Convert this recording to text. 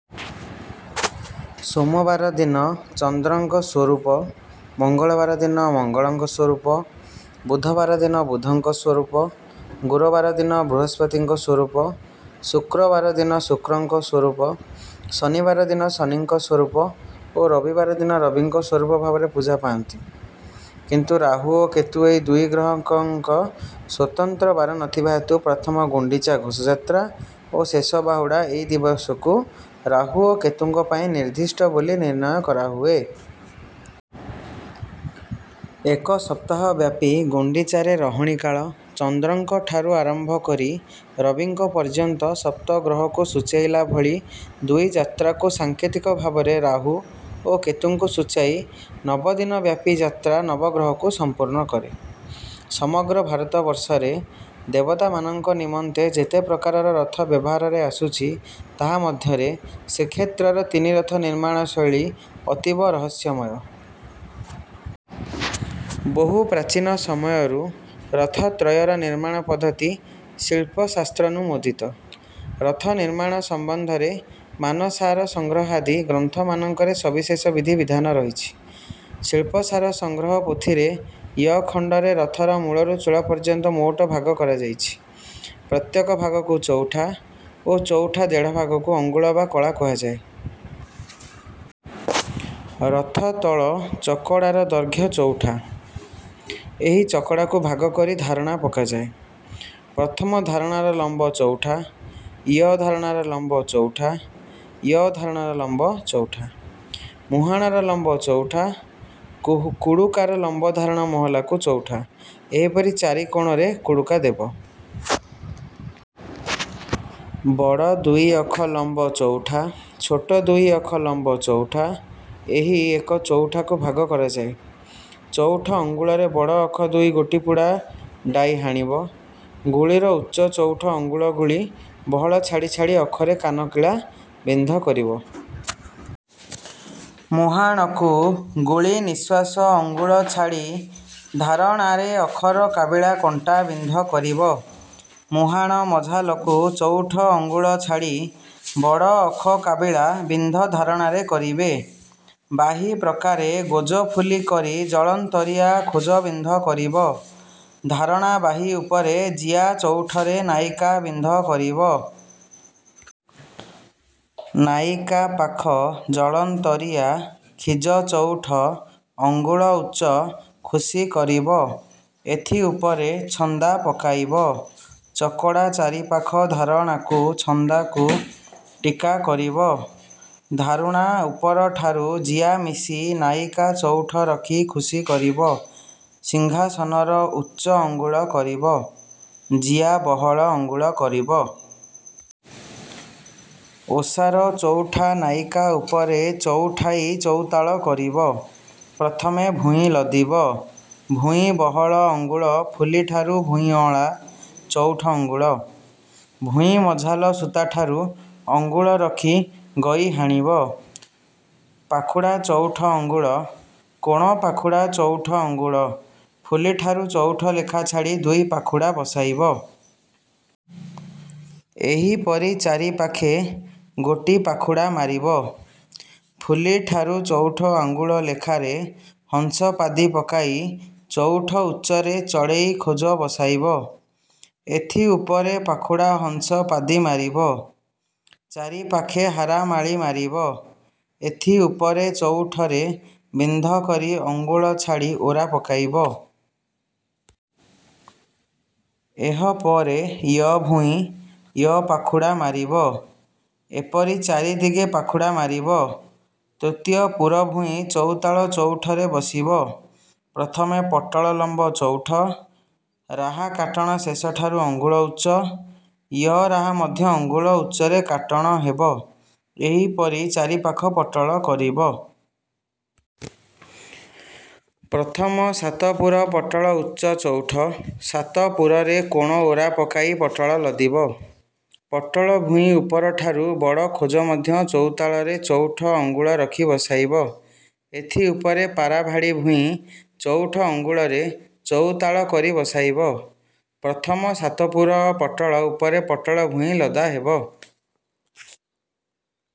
ସୋମବାର ଦିନ ଚନ୍ଦ୍ରଙ୍କ ସ୍ୱରୂପ, ମଙ୍ଗଳବାର ଦିନ ମଙ୍ଗଳଙ୍କ ସ୍ୱରୂପ, ବୁଧବାର ଦିନ ବୁଧଙ୍କ ସ୍ୱରୂପ, ଗୁରୁବାର ଦିନ ବୃହସ୍ପତିଙ୍କ ସ୍ୱରୂପ, ଶୁକ୍ରବାର ଦିନ ଶୁକ୍ରଙ୍କ ସ୍ୱରୂପ, ଶନିବାର ଦିନ ଶନିଙ୍କ ସ୍ୱରୂପ ଓ ରବିବାର ଦିନ ରବିଙ୍କ ସ୍ୱରୂପ ଭାବରେ ପୂଜା ପାଆନ୍ତି। କିନ୍ତୁ ରାହୁ ଓ କେତୁ ଏ ଦୁଇ ଗ୍ରହଙ୍କ ସ୍ୱତନ୍ତ୍ର ବାର ନଥିବା ହେତୁ ପ୍ରଥମ ଗୁଣ୍ଡିଚା ଘୋଷଯାତ୍ରା ଓ ଶେଷ ବାହୁଡ଼ା ଏ ଦୁଇ ଦିବସକୁ ରାହୁ ଓ କେତୁଙ୍କ ପାଇଁ ନିର୍ଦ୍ଦିଷ୍ଟ ବୋଲି ନିର୍ଣ୍ଣୟ କରାହୁଏ। ଏକସପ୍ତାହ ବ୍ୟାପି ଗୁଣ୍ଡିଚାରେ ରହଣୀ କାଳ ଚନ୍ଦ୍ରଙ୍କଠାରୁ ଆରମ୍ଭ କରି ରବିଙ୍କ ପର୍ଯ୍ୟନ୍ତ ସପ୍ତଗ୍ରହକୁ ସୂଚେଇଲା ଭଳି ଦୁଇ ଯାତ୍ରାକୁ ସାଙ୍କେତିକ ଭାବରେ ରାହୁ ଓ କେତୁଙ୍କୁ ସୂଚାଇ ନବଦିନ ବ୍ୟାପି ଯାତ୍ରା ନବଗ୍ରହକୁ ସମ୍ପୂର୍ଣ୍ଣ କରେ। ସମଗ୍ର ଭାରତବର୍ଷରେ ଦେବତାମାନଙ୍କ ନିମନ୍ତେ ଯେତେ ପ୍ରକାରର ରଥ ବ୍ୟବହାରରେ ଆସୁଛି, ତାହା ମଧ୍ୟରେ ଶ୍ରୀକ୍ଷେତ୍ରର ତିନି ରଥ ନିର୍ମାଣ ଶୈଳୀ ଅତୀବ ରହସ୍ୟମୟ। ବହୁ ପ୍ରାଚୀନ ସମୟରୁ ରଥତ୍ରୟର ନିର୍ମାଣ ପଦ୍ଧତି ଶିଳ୍ପଶାସ୍ତ୍ରନୁମୋଦିତ। ରଥ ନିର୍ମାଣ ସମ୍ବନ୍ଧରେ ମାନସାର ସଂଗ୍ରହାଦି ଗ୍ରନ୍ଥମାନଙ୍କରେ ସବିଶେଷ ବିଧି ବିଧାନ ରହିଛି। ଶିଳ୍ପସାର ସଂଗ୍ରହ ପୋଥିରେ ୟ ଖଣ୍ଡରେ ରଥର ମୂଳରୁ ଚୂଳ ପର୍ଯ୍ୟନ୍ତ ମୋଟ ଭାଗ କରାଯାଇଛି। ପ୍ରତ୍ୟେକ ଭାଗକୁ ଚଉଠା ଓ ଚଉଠା ଦେଢ଼ ଭାଗକୁ ଅଙ୍ଗୁଳ ବା କଳା କୁହାଯାଏ। ରଥର ତଳ ଚକଡାର ଦୈର୍ଘ୍ୟ ଚଉଠା। ଏହି ଚକଡାକୁ ଭାଗ କରି ଧାରଣା ପକାଯାଏ। ପ୍ରଥମ ଧାରଣାର ଲମ୍ବ ଚଉଠା, ୟ ଧାରଣାର ଲମ୍ବ ଚଉଠା ଓ ୟ ଧାରଣାର ଲମ୍ବ ଚଉଠା। ମୁହାଣର ଲମ୍ବ ଚଉଠା, କୁଡୁକାର ଲମ୍ବ ଧାରଣ ମହଲାକୁ ଚଉଠା, ଏପରି ଚାରି କୋଣରେ କୁଡୁକା ଦେବ। ବଡ଼ ଦୁଇ ଅଖ ଲମ୍ବ ଚଉଠା, ଛୋଟ ଦୁଇ ଅଖ ଲମ୍ବ ଚଉଠା। ଏହି ଏକ ଚଉଠାକୁ ଭାଗ କରାଯାଏ। ଚଉଠ ଅଙ୍ଗୁଳରେ ବଡ଼ ଅଖ ଦୁଇ ଗୋଟି ପୁଡା ଡାଇ ହାଣିବ। ଗୁଳିର ଉଚ୍ଚ ଚଉଠ ଅଙ୍ଗୁଳ ଗୁଳି ବହଳ ଛାଡି ଛାଡି ଅଖରେ କାନ କିଳା ବିନ୍ଧ କରିବ। ମୁହାଣକୁ ଗୁଳି ନିଶ୍ୱାସ ଅଙ୍ଗୁଳ ଛାଡି ଧାରଣାରେ ଅଖର କାବିଳା କଣ୍ଟା ବିନ୍ଧ କରିବ। ମୁହାଣ ମଝାଲକୁ ଚଉଠ ଅଙ୍ଗୁଳ ଛାଡି ବଡ଼ ଅଖ କାବିଳା ବିନ୍ଧ ଧାରଣାରେ କରିବେ। ବାହି ପ୍ରକାରେ ଗୋଜଫୁଲି କରି ଜଳନ୍ତରିଆ ଖୋଜ ବିନ୍ଧ କରିବ। ଧାରଣା ବାହି ଉପରେ ଜିଆ ଚଉଠରେ ନାଇକା ବିନ୍ଧ କରିବ। ନାଇକା ପାଖ ଜଳନ୍ତରିଆ ଖିଜ ଚଉଠ ଅଙ୍ଗୁଳ ଉଚ୍ଚ ଖୁସି କରିବ। ଏଥି ଉପରେ ଛନ୍ଦା ପକାଇବ। ଚକଡା ଚାରିପାଖ ଧାରଣାକୁ ଛନ୍ଦାକୁ ଟୀକା କରିବ। ଧାରଣା ଉପରଠାରୁ ଜିଆ ମିଶି ନାଇକା ଚଉଠ ରଖି ଖୁସି କରିବ। ସିଂହାସନର ଉଚ୍ଚ ଅଙ୍ଗୁଳ କରିବ। ଜିଆ ବହଳ ଆଙ୍ଗୁଳ କରିବ। ଓସାର ଚଉଠା ନାଇକା ଉପରେ ଚଉଠାଇ ଚଉତାଳ କରିବ। ପ୍ରଥମେ ଭୂଇଁ ଲଦିବ। ଭୂଇଁ ବହଳ ଅଙ୍ଗୁଳ ଫୁଲିଠାରୁ ଭୂଇଁ ଅଁଳା, ଚଉଠ ଅଙ୍ଗୁଳ। ଭୂଇଁ ମଝାଲ ସୂତାଠାରୁ ଅଙ୍ଗୁଳ ରଖି ଗୈ ହାଣିବ। ପାଖୁଡା ଚଉଠ ଅଙ୍ଗୁଳ, କୋଣ ପାଖୁଡା ଚଉଠ ଅଙ୍ଗୁଳ, ଫୁଲିଠାରୁ ଚଉଠ ଲେଖା ଛାଡି ଦୁଇ ପାଖୁଡା ବସାଇବ। ଏହି ପରି ଚାରିପାଖେ ଗୋଟି ପାଖୁଡା ମାରିବ। ଫୁଲିଠାରୁ ଚଉଠ ଅଙ୍ଗୁଳ ଲେଖାରେ ହଂସପାଦି ପକାଇ ଚଉଠ ଉଚ୍ଚରେ ଚଢ଼େଇ ଖୋଜ ବସାଇବ। ଏଥି ଉପରେ ପାଖୁଡା ହଂସ ପାଦି ମାରିବ। ଚାରି ପାଖେ ହାରାମାଳି ମାରିବ। ଏଥି ଉପରେ ଚଉଠରେ ବିନ୍ଧ କରି ଅଙ୍ଗୁଳ ଛାଡି ଓରା ପକାଇବ। ଏହ ପରେ ୟ ଭୂଇଁ, ୟ ପାଖୁଡା ମାରିବ। ଏପରି ଚାରିଦିଗେ ପାଖୁଡା ମାରିବ। ତୃତୀୟ ପୁର ଭୂଇଁ ଚଉତାଳ ଚଉଠରେ ବସିବ। ପ୍ରଥମେ ପଟଳ ଲମ୍ବ ଚଉଠ, ରାହା କାଟଣ ଶେଷଠାରୁ ଅଙ୍ଗୁଳ ଉଚ୍ଚ, ୟ ରାହା ମଧ୍ୟ ଅଙ୍ଗୁଳ ଉଚ୍ଚରେ କାଟଣ ହେବ। ଏହି ପରି ଚାରିପାଖ ପଟଳ କରିବ। ପ୍ରଥମ ସାତପୁର ପଟଳ ଉଚ୍ଚ ଚଉଠ, ସାତପୁରରେ କୋଣ ଓରା ପକାଇ ପଟଳ ଲଦିବ। ପଟଳ ଭୂଇଁ ଉପରଠାରୁ ବଡ଼ ଖୋଜ ମଧ୍ୟ ଚୌତାଳରେ ଚଉଠ ଅଙ୍ଗୁଳ ରଖି ବସାଇବ। ଏଥି ଉପରେ ପାରାଭାଡି ଭୂଇଁ ଚଉଠ ଅଙ୍ଗୁଳରେ ଚଉତାଳ କରି ବସାଇବ। ପ୍ରଥମ ସାତପୁର ପଟଳ ଉପରେ ପଟଳ ଭୂଇଁ ଲଦା ହେବ।